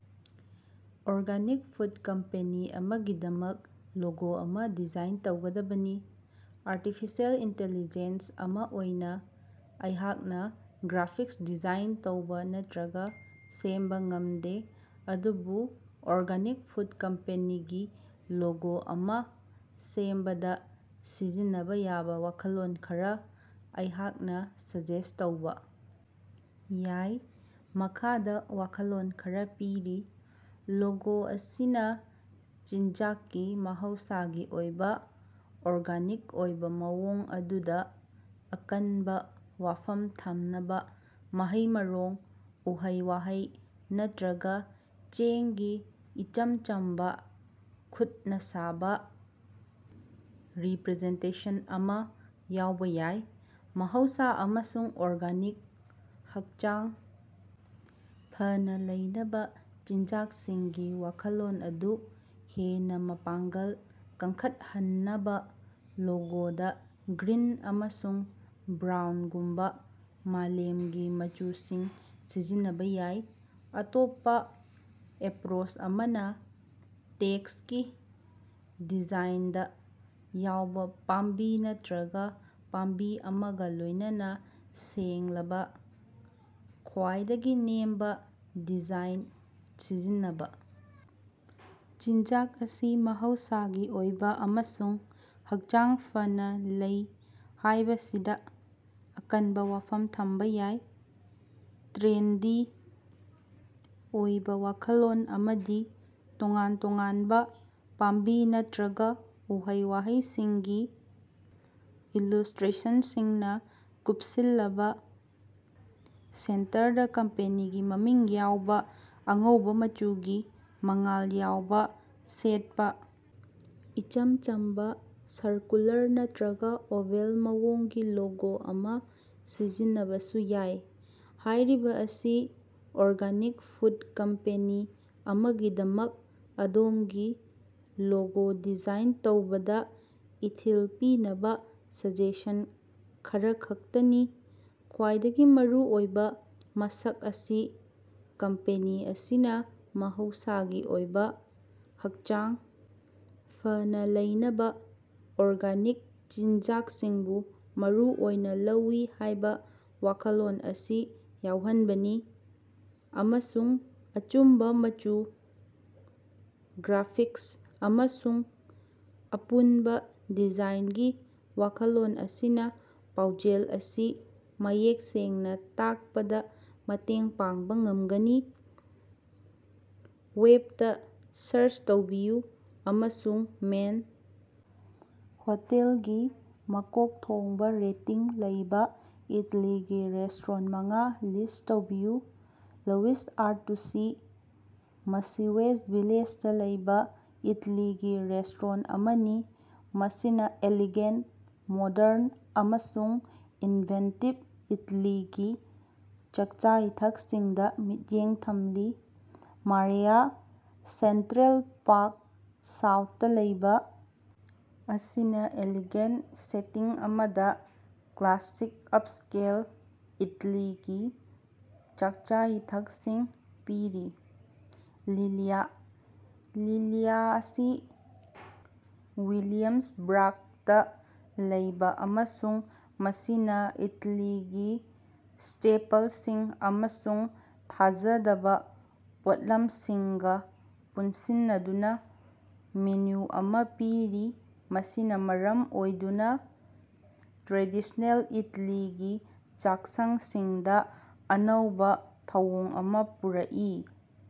Organic food company ꯑꯃꯒꯤꯗꯃꯛ logo ꯑꯃꯥ design ꯇꯧꯒꯗꯕꯅꯤ꯫ ꯑꯔꯇꯤꯐꯤꯁꯦꯜ ꯏꯟꯇꯤꯂꯤꯖꯦꯟꯁ ꯑꯃꯥ ꯑꯣꯏꯅꯥ ꯑꯩꯍꯥꯛꯅꯥ ꯒ꯭ꯔꯥꯐꯤꯛꯁ ꯗꯤꯖꯥꯏꯟ ꯇꯧꯕꯥ ꯅꯠꯇ꯭ꯔꯒꯥ ꯁꯦꯝꯕꯥ ꯉꯝꯗꯦ, ꯑꯗꯨꯕꯨ ꯑꯣꯔꯒꯥꯅꯤꯛ ꯐꯨꯗ ꯀꯝꯄꯦꯅꯤꯒꯤ ꯂꯣꯒꯣ ꯑꯃꯥ ꯁꯦꯝꯕꯗꯥ ꯁꯤꯖꯤꯟꯅꯕꯥ ꯌꯥꯕꯥ ꯋꯥꯈꯜꯂꯣꯟ ꯈꯔꯥ ꯑꯩꯍꯥꯛꯅꯥ ꯁꯖꯦꯁ ꯇꯧꯕꯥ ꯌꯥꯏ꯫ ꯃꯈꯥꯗꯥ ꯋꯥꯈꯜꯂꯣꯟ ꯈꯔꯥ ꯄꯤꯔꯤ: ꯂꯣꯒꯣ ꯑꯁꯤꯅꯥ ꯆꯤꯟꯖꯥꯛꯀꯤ ꯃꯍꯧꯁꯥꯒꯤ ꯑꯣꯏꯕꯥ, ꯑꯣꯔꯒꯥꯅꯤꯛ ꯑꯣꯏꯕꯥ ꯃꯑꯣꯡ ꯑꯗꯨꯗꯥ ꯑꯀꯟꯕꯥ ꯋꯥꯐꯝ ꯊꯝꯅꯕꯥ ꯃꯍꯩ-ꯃꯔꯣꯡ, ꯎꯍꯩ-ꯋꯥꯍꯩ ꯅꯠꯇ꯭ꯔꯒꯥ ꯆꯦꯡꯒꯤ ꯏꯆꯝ ꯆꯝꯕꯥ, ꯈꯨꯠꯅꯥ ꯁꯥꯕꯥ ꯔꯤꯄ꯭ꯔꯖꯦꯟꯇꯦꯁꯟ ꯑꯃꯥ ꯌꯥꯎꯕꯥ ꯌꯥꯏ꯫ ꯃꯍꯧꯁꯥ ꯑꯃꯁꯨꯡ ꯑꯣꯔꯒꯥꯅꯤꯛ, ꯍꯛꯆꯥꯡ ꯐꯅꯥ ꯂꯩꯅꯕꯥ ꯆꯤꯟꯖꯥꯛꯁꯤꯡꯒꯤ ꯋꯥꯈꯜꯂꯣꯟ ꯑꯗꯨ ꯍꯦꯟꯅꯥ ꯃꯄꯥꯡꯒꯜ ꯀꯟꯈꯠꯍꯟꯅꯕꯥ ꯂꯣꯒꯣꯗꯥ ꯒ꯭ꯔꯤꯟ ꯑꯃꯁꯨꯡ ꯕ꯭ꯔꯥꯎꯟꯒꯨꯝꯕꯥ ꯃꯥꯂꯦꯝꯒꯤ ꯃꯆꯨꯁꯤꯡ ꯁꯤꯖꯤꯟꯅꯕꯥ ꯌꯥꯏ꯫ ꯑꯇꯣꯞꯄꯥ ꯑꯦꯄ꯭ꯔꯣꯆ ꯑꯃꯅꯥ ꯇꯦꯛꯁ ꯀꯤ ꯗꯤꯖꯥꯏꯅꯗꯥ ꯌꯥꯎꯕꯥ ꯄꯥꯝꯕꯤ ꯅꯠꯇ꯭ꯔꯒꯥ ꯄꯥꯝꯕꯤ ꯑꯃꯒꯥ ꯂꯣꯏꯅꯅ ꯁꯦꯡꯂꯕꯥ, ꯈ꯭ꯋꯥꯏꯗꯒꯤ ꯅꯦꯝꯕꯥ ꯗꯤꯖꯥꯏꯟ ꯁꯤꯖꯤꯟꯅꯕꯥ, ꯆꯤꯟꯖꯥꯛ ꯑꯁꯤ ꯃꯍꯧꯁꯥꯒꯤ ꯑꯣꯏꯕꯥ ꯑꯃꯁꯨꯡ ꯍꯛꯆꯥꯡ ꯐꯅꯥ ꯂꯩ ꯍꯥꯏꯕꯁꯤꯗꯥ ꯑꯀꯟꯕꯥ ꯋꯥꯐꯝ ꯊꯝꯕꯥ ꯌꯥꯏ꯫ ꯇ꯭ꯔꯦꯟꯗꯤ ꯑꯣꯏꯕꯥ ꯋꯥꯈꯜꯂꯣꯟ ꯑꯃꯗꯤ ꯇꯣꯉꯥꯟ ꯇꯣꯉꯥꯟꯕꯥ ꯄꯥꯝꯕꯤ ꯅꯠꯇ꯭ꯔꯒꯥ ꯎꯍꯩ-ꯋꯥꯍꯩꯁꯤꯡꯒꯤ ꯏꯂꯨꯁꯇ꯭ꯔꯦꯁꯟꯁꯤꯡꯅꯥ ꯀꯨꯞꯁꯤꯜꯂꯕꯥ ꯁꯦꯟꯇꯔꯗꯥ ꯀꯝꯄꯦꯅꯤꯒꯤ ꯃꯃꯤꯡ ꯌꯥꯎꯕꯥ ꯑꯉꯧꯕꯥ ꯃꯆꯨꯒꯤ ꯃꯉꯥꯜ ꯌꯥꯎꯕꯥ ꯁꯦꯠꯄꯥ ꯏꯆꯝ ꯆꯝꯕꯥ, ꯁꯔꯀꯨꯂꯥꯔ ꯅꯠꯇ꯭ꯔꯒꯥ ꯑꯣꯚꯜ ꯃꯑꯣꯡꯒꯤ ꯂꯣꯒꯣ ꯑꯃꯥ ꯁꯤꯖꯤꯟꯅꯕꯁꯨ ꯌꯥꯏ꯫ ꯍꯥꯏꯔꯤꯕꯥ ꯑꯁꯤ ꯑꯣꯔꯒꯥꯅꯤꯛ ꯐꯨꯗ ꯀꯝꯄꯦꯅꯤ ꯑꯃꯒꯤꯗꯃꯛ ꯑꯗꯣꯝꯒꯤ ꯂꯣꯒꯣ ꯗꯤꯖꯥꯏꯟ ꯇꯧꯕꯗꯥ ꯏꯊꯤꯜ ꯄꯤꯅꯕꯥ ꯁꯖꯦꯁꯟ ꯈꯔꯈꯛꯇꯅꯤ꯫ ꯈ꯭ꯋꯥꯏꯗꯒꯤ ꯃꯔꯨꯑꯣꯏꯕꯥ ꯃꯁꯛ ꯑꯁꯤ ꯀꯝꯄꯦꯅꯤ ꯑꯁꯤꯅꯥ ꯃꯍꯧꯁꯥꯒꯤ ꯑꯣꯏꯕꯥ, ꯍꯛꯆꯥꯡ ꯐꯅꯥ ꯂꯩꯅꯕꯥ ꯑꯣꯔꯒꯥꯅꯤꯛ ꯆꯤꯟꯖꯥꯛꯁꯤꯡꯕꯨ ꯃꯔꯨ ꯑꯣꯏꯅꯥ ꯂꯧꯏ ꯍꯥꯏꯕꯥ ꯋꯥꯈꯜꯂꯣꯟ ꯑꯁꯤ ꯌꯥꯎꯍꯟꯕꯅꯤ, ꯑꯃꯁꯨꯡ ꯑꯆꯨꯝꯕꯥ ꯃꯆꯨ, ꯒ꯭ꯔꯥꯐꯤꯛꯁ ꯑꯃꯁꯨꯡ ꯑꯄꯨꯟꯕꯥ ꯗꯤꯖꯥꯏꯟꯒꯤ ꯋꯥꯈꯜꯂꯣꯟ ꯑꯁꯤꯅꯥ ꯄꯥꯎꯖꯦꯜ ꯑꯁꯤ ꯃꯌꯦꯛ ꯁꯦꯡꯅꯥ ꯇꯥꯛꯄꯗꯥ ꯃꯇꯦꯡ ꯄꯥꯡꯕꯥ ꯉꯝꯒꯅꯤ꯫ ꯋꯦꯕꯇꯥ ꯁꯥꯔꯆ ꯇꯧꯕꯤꯌꯨ ꯑꯃꯁꯨꯡ ꯃꯦꯟ ꯍꯣꯇꯦꯜꯒꯤ ꯃꯀꯣꯛ ꯊꯣꯡꯕꯥ ꯔꯦꯇꯤꯡ ꯂꯩꯕꯥ ꯏꯇꯥꯂꯤꯒꯤ ꯔꯦꯁꯇꯣꯔꯦꯟꯇ ꯃꯉꯥ ꯂꯤꯁ ꯇꯧꯕꯤꯌꯨ꯫ ꯂꯧꯋꯤꯁ ꯑꯥꯔꯇꯨꯁꯤ: ꯃꯁꯤ ꯋꯦꯁ ꯚꯤꯂꯦꯖꯗꯥ ꯂꯩꯕꯥ ꯏꯇꯥꯂꯤꯒꯤ ꯔꯦꯁꯇꯣꯔꯦꯟꯇ ꯑꯃꯅꯤ ꯃꯁꯤꯅꯥ ꯏꯂꯤꯒꯦꯟꯇ, ꯃꯣꯗ꯭ꯔꯟ ꯑꯃꯁꯨꯡ ꯏꯟꯚꯦꯟꯇꯤꯕ ꯏꯇꯥꯂꯤꯒꯤ ꯆꯥꯛꯆꯥ-ꯏꯊꯛꯁꯤꯡꯗꯥ ꯃꯤꯠꯌꯦꯡ ꯊꯝꯂꯤ꯫ ꯃꯥꯔꯦꯌꯥ: ꯁꯦꯟꯇ꯭ꯔꯦꯜ ꯄꯥꯛ ꯁꯥꯎꯠꯇꯥ ꯂꯩꯕꯥ, ꯑꯁꯤꯅ ꯑꯦꯂꯤꯒꯦꯟꯇ ꯁꯦꯇꯤꯡ ꯑꯃꯗꯥ ꯀ꯭ꯂꯥꯁꯤꯛ ꯑꯞꯁꯀꯦꯜ ꯏꯇꯂꯤꯒꯤ ꯆꯥꯛꯆꯥ-ꯏꯊꯛꯁꯤꯡ ꯄꯤꯔꯤ꯫ ꯂꯤꯂꯤꯌꯥ: ꯂꯤꯂꯤꯌꯥ ꯑꯁꯤ ꯋꯤꯂꯤꯌꯝꯁꯕ꯭ꯔꯛꯇꯥ ꯂꯩ ꯑꯃꯁꯨꯡ ꯃꯁꯤꯅꯥ ꯏꯇꯂꯤꯒꯤ ꯁ꯭ꯇꯦꯄꯜꯁꯤꯡ ꯑꯃꯁꯨꯡ ꯊꯥꯖꯗꯕꯥ ꯄꯣꯠꯂꯝꯁꯤꯡꯒꯥ ꯄꯨꯟꯁꯤꯟꯅꯗꯨꯅꯥ ꯃꯦꯅꯨ ꯑꯃꯥ ꯄꯤꯔꯤ, ꯃꯁꯤꯅꯥ ꯃꯔꯝ ꯑꯣꯏꯗꯨꯅꯥ ꯇ꯭ꯔꯦꯗꯤꯁꯅꯦꯜ ꯏꯇꯥꯂꯤꯒꯤ ꯆꯥꯛꯁꯪꯁꯤꯡꯗꯥ ꯑꯅꯧꯕꯥ ꯊꯧꯑꯣꯡ ꯑꯃꯥ ꯄꯨꯔꯛꯏ꯫